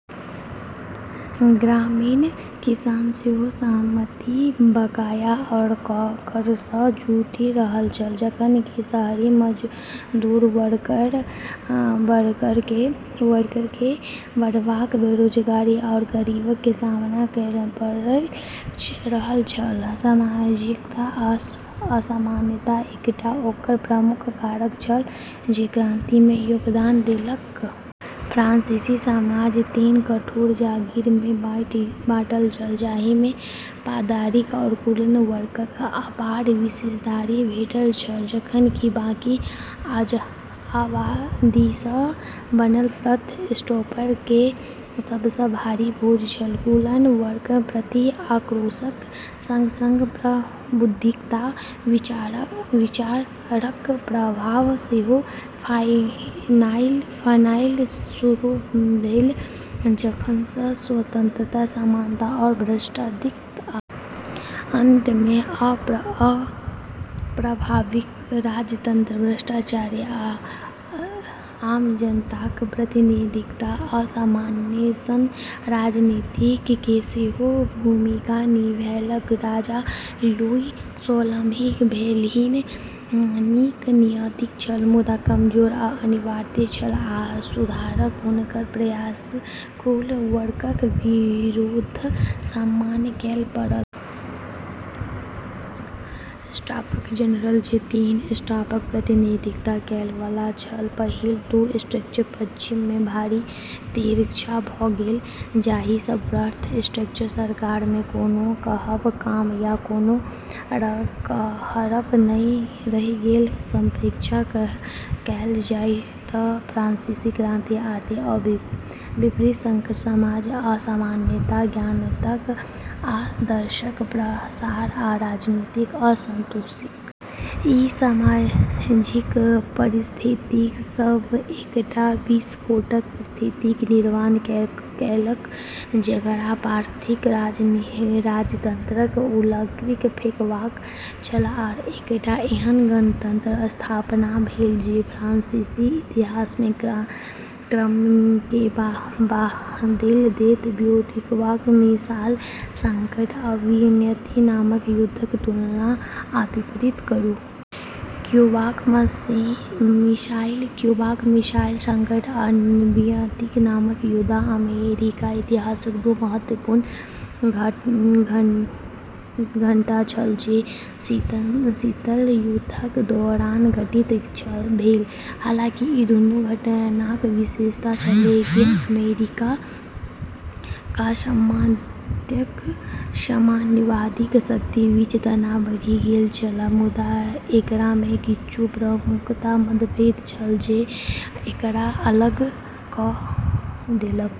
ग्रामीण किसान सेहो सामंती बकाया आ करसँ जूझि रहल छल, जखन कि शहरी मजदूर वर्गकेँ बढ़ैत बेरोजगारी आ गरीबीक सामना करै पड़ि रहल छल। सामाजिक असमानता एकटा आओर प्रमुख कारक छल जे क्रांतिमे योगदान देलक। फ्रांसीसी समाज तीन कठोर जागीरमे बँटल छल, जाहिमे पादरी आ कुलीन वर्गकेँ अपार विशेषाधिकार भेटल छल जखन कि बाकी आबादीसँ बनल थर्ड एस्टेटपर करक सबसँ भारी बोझ छल। कुलीन वर्गक प्रति आक्रोशक संग-संग प्रबुद्धताक विचाररक प्रभाव सेहो फैलनाइ शुरू भेलै, जेकरासँ स्वतंत्रता, समानता, आ भ्रातृत्वक अंतमे अप्रभावी राजतंत्र, भ्रष्टाचार, आ आम जनताक प्रतिनिधित्वक अभाव सन राजनीतिक कारक सेहो भूमिका निभेलक। राजा लुई सोलहम भले ही नीक नीयतका छल, मुदा कमजोर आ अनिर्णयात्मक छल, आ सुधारक हुनकर प्रयासकेँ कुलीन वर्गक विरोधक सामना करै पड़ल। एस्टेट्स जनरल जे तीनू एस्टेटक प्रतिनिधित्व करै वाला छल, पहिल दू एस्टेटक पक्षमे भारी तिरछा भऽ गेल, जाहिसँ थर्ड एस्टेटक सरकारमे कोनो कहब कम या कोनो कहब नहि रहि गेल। संक्षेपमे कहल जाय तँ फ्रांसीसी क्रांति आर्थिक आ वित्तीय संकट, सामाजिक असमानता, ज्ञानोदयक आदर्शक प्रसार आ राजनीतिक असंतोषक ई सामाजिक परिस्थिति सभ एकटा विस्फोटक स्थितिक निर्माण केलक जेकर पराकाष्ठा राजतंत्रकेँ उखाड़ि फेंकब छल आ एकटा एहन गणतंत्रक स्थापना भेल जे फ्रांसीसी इतिहासक क्रमकेँ बदलि देत। क्यूबाक मिसाइल संकट आ वियतनाम युद्धक तुलना आ विपरीत करू। क्यूबाक मिसाइल संकट आ वियतनाम युद्ध अमेरिकी इतिहासक दू महत्वपूर्ण घटना छल जे शीत युद्धक दौरान घटित भेलै। हालांकि ई दूनू घटनाक विशेषता छल कि अमेरिका आ साम्यवादी शक्ति बीच तनाव बढ़ि गेल छल, मुदा एकरामे किछु प्रमुख मतभेद छल जे एकरा अलग कऽ देलकै।